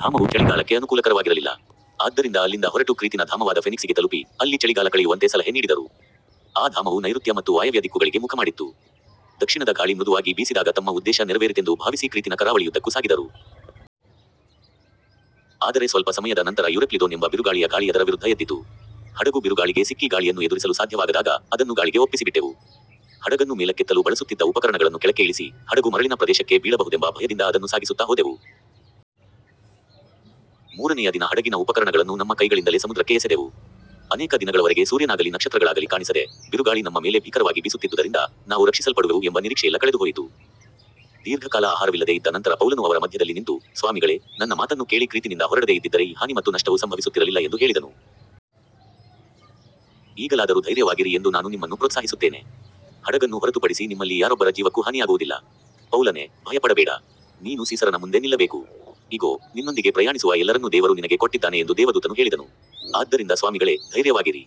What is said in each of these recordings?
ಧಾಮವು ಚಳಿಗಾಲಕ್ಕೆ ಅನುಕೂಲಕರವಾಗಿರಲಿಲ್ಲ. ಆದ್ದರಿಂದ ಅಲ್ಲಿಂದ ಹೊರಟು ಕ್ರೀತಿನ ಧಾಮವಾದ ಫೆನಿಕ್ಸಿಗೆ ತಲುಪಿ, ಅಲ್ಲಿ ಚಳಿಗಾಲ ಕಳೆಯುವಂತೆ ಸಲಹೆ ನೀಡಿದರು. ಆ ಧಾಮವು ನೈಋತ್ಯ ಮತ್ತು ವಾಯವ್ಯ ದಿಕ್ಕುಗಳಿಗೆ ಮುಖಮಾಡಿತ್ತು. ದಕ್ಷಿಣದ ಗಾಳಿ ಮೃದುವಾಗಿ ಬೀಸಿದಾಗ ತಮ್ಮ ಉದ್ದೇಶ ನೆರವೇರಿತೆಂದು ಭಾವಿಸಿ ಕ್ರೀತಿನ ಕರಾವಳಿಯುದ್ದಕ್ಕೂ ಸಾಗಿದರು. ಆದರೆ ಸ್ವಲ್ಪ ಸಮಯದ ನಂತರ ಯುರಕ್ಲಿದೋನ್ ಎಂಬ ಬಿರುಗಾಳಿಯ ಗಾಳಿ ಅದರ ವಿರುದ್ಧ ಎದ್ದಿತು. ಹಡಗು ಬಿರುಗಾಳಿಗೆ ಸಿಕ್ಕಿ ಗಾಳಿಯನ್ನು ಎದುರಿಸಲು ಸಾಧ್ಯವಾಗದಾಗ, ಅದನ್ನು ಗಾಳಿಗೆ ಒಪ್ಪಿಸಿಬಿಟ್ಟೆವು. ಹಡಗನ್ನು ಮೇಲಕ್ಕೆತ್ತಲು ಬಳಸುತ್ತಿದ್ದ ಉಪಕರಣಗಳನ್ನು ಕೆಳಕ್ಕೆ ಇಳಿಸಿ, ಹಡಗು ಮರಳಿನ ಪ್ರದೇಶಕ್ಕೆ ಬೀಳಬಹುದೆಂಬ ಭಯದಿಂದ ಅದನ್ನು ಸಾಗಿಸುತ್ತಾ ಹೋದೆವು. ಮೂರನೆಯ ದಿನ ಹಡಗಿನ ಉಪಕರಣಗಳನ್ನು ನಮ್ಮ ಕೈಗಳಿಂದಲೇ ಸಮುದ್ರಕ್ಕೆ ಎಸೆದೆವು. ಅನೇಕ ದಿನಗಳವರೆಗೆ ಸೂರ್ಯನಾಗಲಿ ನಕ್ಷತ್ರಗಳಾಗಲಿ ಕಾಣಿಸದೆ, ಬಿರುಗಾಳಿ ನಮ್ಮ ಮೇಲೆ ಭೀಕರವಾಗಿ ಬೀಸುತ್ತಿದ್ದುದರಿಂದ, ನಾವು ರಕ್ಷಿಸಲ್ಪಡುವೆವು ಎಂಬ ನಿರೀಕ್ಷೆಯೆಲ್ಲ ಕಳೆದುಹೋಯಿತು. ದೀರ್ಘಕಾಲ ಆಹಾರವಿಲ್ಲದೆ ಇದ್ದ ನಂತರ ಪೌಲನು ಅವರ ಮಧ್ಯದಲ್ಲಿ ನಿಂತು, ಸ್ವಾಮಿಗಳೇ, ನನ್ನ ಮಾತನ್ನು ಕೇಳಿ ಕ್ರೀತಿನಿಂದ ಹೊರಡದೆ ಇದ್ದಿದ್ದರೆ ಈ ಹಾನಿ ಮತ್ತು ನಷ್ಟವು ಸಂಭವಿಸುತ್ತಿರಲಿಲ್ಲ ಎಂದು ಹೇಳಿದನು. ಈಗಲಾದರೂ ಧೈರ್ಯವಾಗಿರಿ ಎಂದು ನಾನು ನಿಮ್ಮನ್ನು ಪ್ರೋತ್ಸಾಹಿಸುತ್ತೇನೆ. ಹಡಗನ್ನು ಹೊರತುಪಡಿಸಿ ನಿಮ್ಮಲ್ಲಿ ಯಾರೊಬ್ಬರ ಜೀವಕ್ಕೂ ಹಾನಿಯಾಗುವುದಿಲ್ಲ. ಪೌಲನೇ, ಭಯಪಡಬೇಡ. ನೀನು ಸೀಸರನ ಮುಂದೆ ನಿಲ್ಲಬೇಕು. ಇಗೋ, ನಿನ್ನೊಂದಿಗೆ ಪ್ರಯಾಣಿಸುವ ಎಲ್ಲರನ್ನೂ ದೇವರು ನಿನಗೆ ಕೊಟ್ಟಿದ್ದಾನೆ ಎಂದು ದೇವದೂತನು ಹೇಳಿದನು. ಆದ್ದರಿಂದ ಸ್ವಾಮಿಗಳೇ, ಧೈರ್ಯವಾಗಿರಿ.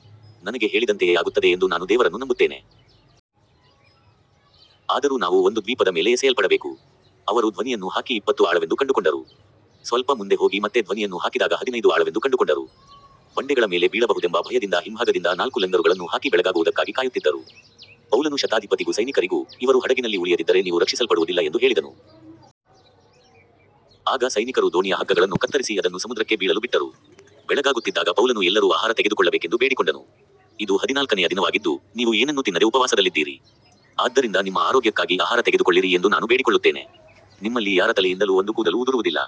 ನನಗೆ ಹೇಳಿದಂತೆಯೇ ಆಗುತ್ತದೆ ಎಂದು ನಾನು ದೇವರನ್ನು ನಂಬುತ್ತೇನೆ. ಆದರೂ ನಾವು ಒಂದು ದ್ವೀಪದ ಮೇಲೆ ಎಸೆಯಲ್ಪಡಬೇಕು. ಅವರು ಧ್ವನಿಯನ್ನು ಹಾಕಿ ಇಪ್ಪತ್ತು ಆಳವೆಂದು ಕಂಡುಕೊಂಡರು. ಸ್ವಲ್ಪ ಮುಂದೆ ಹೋಗಿ ಮತ್ತೆ ಧ್ವನಿಯನ್ನು ಹಾಕಿದಾಗ ಹದಿನೈದು ಆಳವೆಂದು ಕಂಡುಕೊಂಡರು. ಬಂಡೆಗಳ ಮೇಲೆ ಬೀಳಬಹುದೆಂಬ ಭಯದಿಂದ ಹಿಂಭಾಗದಿಂದ ನಾಲ್ಕು ಲಂಗರುಗಳನ್ನು ಹಾಕಿ ಬೆಳಗಾಗುವುದಕ್ಕಾಗಿ ಕಾಯುತ್ತಿದ್ದರು. ಪೌಲನು ಶತಾಧಿಪತಿಗೂ ಸೈನಿಕರಿಗೂ, ಇವರು ಹಡಗಿನಲ್ಲಿ ಉಳಿಯದಿದ್ದರೆ ನೀವು ರಕ್ಷಿಸಲ್ಪಡುವುದಿಲ್ಲ ಎಂದು ಹೇಳಿದನು. ಆಗ ಸೈನಿಕರು ದೋಣಿಯ ಹಗ್ಗಗಳನ್ನು ಕತ್ತರಿಸಿ ಅದನ್ನು ಸಮುದ್ರಕ್ಕೆ ಬೀಳಲು ಬಿಟ್ಟರು. ಬೆಳಗಾಗುತ್ತಿದ್ದಾಗ ಪೌಲನು ಎಲ್ಲರೂ ಆಹಾರ ತೆಗೆದುಕೊಳ್ಳಬೇಕೆಂದು ಬೇಡಿಕೊಂಡನು. ಇದು ಹದಿನಾಲ್ಕನೆಯ ದಿನವಾಗಿದ್ದು, ನೀವು ಏನನ್ನೂ ತಿನ್ನದೆ ಉಪವಾಸದಲ್ಲಿದ್ದೀರಿ. ಆದ್ದರಿಂದ ನಿಮ್ಮ ಆರೋಗ್ಯಕ್ಕಾಗಿ ಆಹಾರ ತೆಗೆದುಕೊಳ್ಳಿರಿ ಎಂದು ನಾನು ಬೇಡಿಕೊಳ್ಳುತ್ತೇನೆ. ನಿಮ್ಮಲ್ಲಿ ಯಾರ ತಲೆಯಿಂದಲೂ ಒಂದು ಕೂದಲು ಉದುರುವುದಿಲ್ಲ.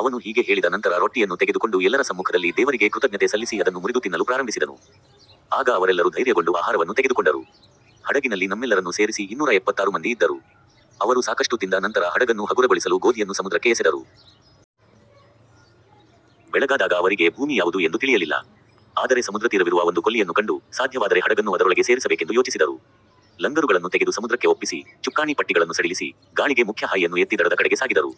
ಅವನು ಹೀಗೆ ಹೇಳಿದ ನಂತರ ರೊಟ್ಟಿಯನ್ನು ತೆಗೆದುಕೊಂಡು ಎಲ್ಲರ ಸಮ್ಮುಖದಲ್ಲಿ ದೇವರಿಗೆ ಕೃತಜ್ಞತೆ ಸಲ್ಲಿಸಿ ಅದನ್ನು ಮುರಿದು ತಿನ್ನಲು ಪ್ರಾರಂಭಿಸಿದನು. ಆಗ ಅವರೆಲ್ಲರೂ ಧೈರ್ಯಗೊಂಡು ಆಹಾರವನ್ನು ತೆಗೆದುಕೊಂಡರು. ಹಡಗಿನಲ್ಲಿ ನಮ್ಮೆಲ್ಲರನ್ನು ಸೇರಿಸಿ ಇನ್ನೂರ ಎಪ್ಪತ್ತಾರು ಮಂದಿ ಇದ್ದರು. ಅವರು ಸಾಕಷ್ಟು ತಿಂದ ನಂತರ ಹಡಗನ್ನು ಹಗುರಗೊಳಿಸಲು ಗೋಧಿಯನ್ನು ಸಮುದ್ರಕ್ಕೆ ಎಸೆದರು. ಬೆಳಗಾದಾಗ ಅವರಿಗೆ ಭೂಮಿ ಯಾವುದು ಎಂದು ತಿಳಿಯಲಿಲ್ಲ. ಆದರೆ ಸಮುದ್ರತೀರವಿರುವ ಒಂದು ಕೊಲ್ಲಿಯನ್ನು ಕಂಡು, ಸಾಧ್ಯವಾದರೆ ಹಡಗನ್ನು ಅದರೊಳಗೆ ಸೇರಿಸಬೇಕೆಂದು ಯೋಚಿಸಿದರು. ಲಂಗರುಗಳನ್ನು ತೆಗೆದು ಸಮುದ್ರಕ್ಕೆ ಒಪ್ಪಿಸಿ, ಚುಕ್ಕಾಣಿ ಪಟ್ಟಿಗಳನ್ನು ಸಡಿಲಿಸಿ, ಗಾಳಿಗೆ ಮುಖ್ಯ ಹಾಯಿಯನ್ನು ಎತ್ತಿ ದಡದ ಕಡೆಗೆ ಸಾಗಿದರು.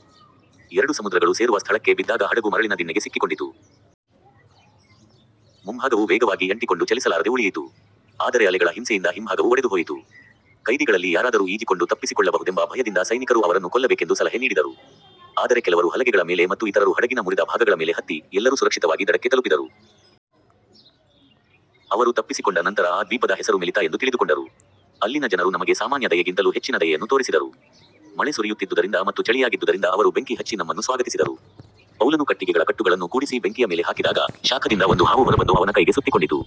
ಎರಡು ಸಮುದ್ರಗಳು ಸೇರುವ ಸ್ಥಳಕ್ಕೆ ಬಿದ್ದಾಗ ಹಡಗು ಮರಳಿನ ದಿಣ್ಣೆಗೆ ಸಿಕ್ಕಿಕೊಂಡಿತು. ಮುಂಭಾಗವು ವೇಗವಾಗಿ ಅಂಟಿಕೊಂಡು ಚಲಿಸಲಾರದೆ ಉಳಿಯಿತು. ಆದರೆ ಅಲೆಗಳ ಹಿಂಸೆಯಿಂದ ಹಿಂಭಾಗವು ಒಡೆದುಹೋಯಿತು. ಕೈದಿಗಳಲ್ಲಿ ಯಾರಾದರೂ ಈಜಿಕೊಂಡು ತಪ್ಪಿಸಿಕೊಳ್ಳಬಹುದೆಂಬ ಭಯದಿಂದ ಸೈನಿಕರು ಅವರನ್ನು ಕೊಲ್ಲಬೇಕೆಂದು ಸಲಹೆ ನೀಡಿದರು. ಆದರೆ ಕೆಲವರು ಹಲಗೆಗಳ ಮೇಲೆ ಮತ್ತು ಇತರರು ಹಡಗಿನ ಮುರಿದ ಭಾಗಗಳ ಮೇಲೆ ಹತ್ತಿ, ಎಲ್ಲರೂ ಸುರಕ್ಷಿತವಾಗಿ ದಡಕ್ಕೆ ತಲುಪಿದರು. ಅವರು ತಪ್ಪಿಸಿಕೊಂಡ ನಂತರ ಆ ದ್ವೀಪದ ಹೆಸರು ಮೆಲಿತಾ ಎಂದು ತಿಳಿದುಕೊಂಡರು. ಅಲ್ಲಿನ ಜನರು ನಮಗೆ ಸಾಮಾನ್ಯ ದಯೆಗಿಂತಲೂ ಹೆಚ್ಚಿನ ದಯೆಯನ್ನು ತೋರಿಸಿದರು. ಮಳೆ ಸುರಿಯುತ್ತಿದ್ದುದರಿಂದ ಮತ್ತು ಚಳಿಯಾಗಿದ್ದುದರಿಂದ ಅವರು ಬೆಂಕಿ ಹಚ್ಚಿ ನಮ್ಮನ್ನು ಸ್ವಾಗತಿಸಿದರು. ಪೌಲನು ಕಟ್ಟಿಗೆಗಳ ಕಟ್ಟುಗಳನ್ನು ಕೂಡಿಸಿ ಬೆಂಕಿಯ ಮೇಲೆ ಹಾಕಿದಾಗ, ಶಾಖದಿಂದ ಒಂದು ಹಾವು ಹೊರಬಂದು ಅವನ ಕೈಗೆ ಸುತ್ತಿಕೊಂಡಿತು.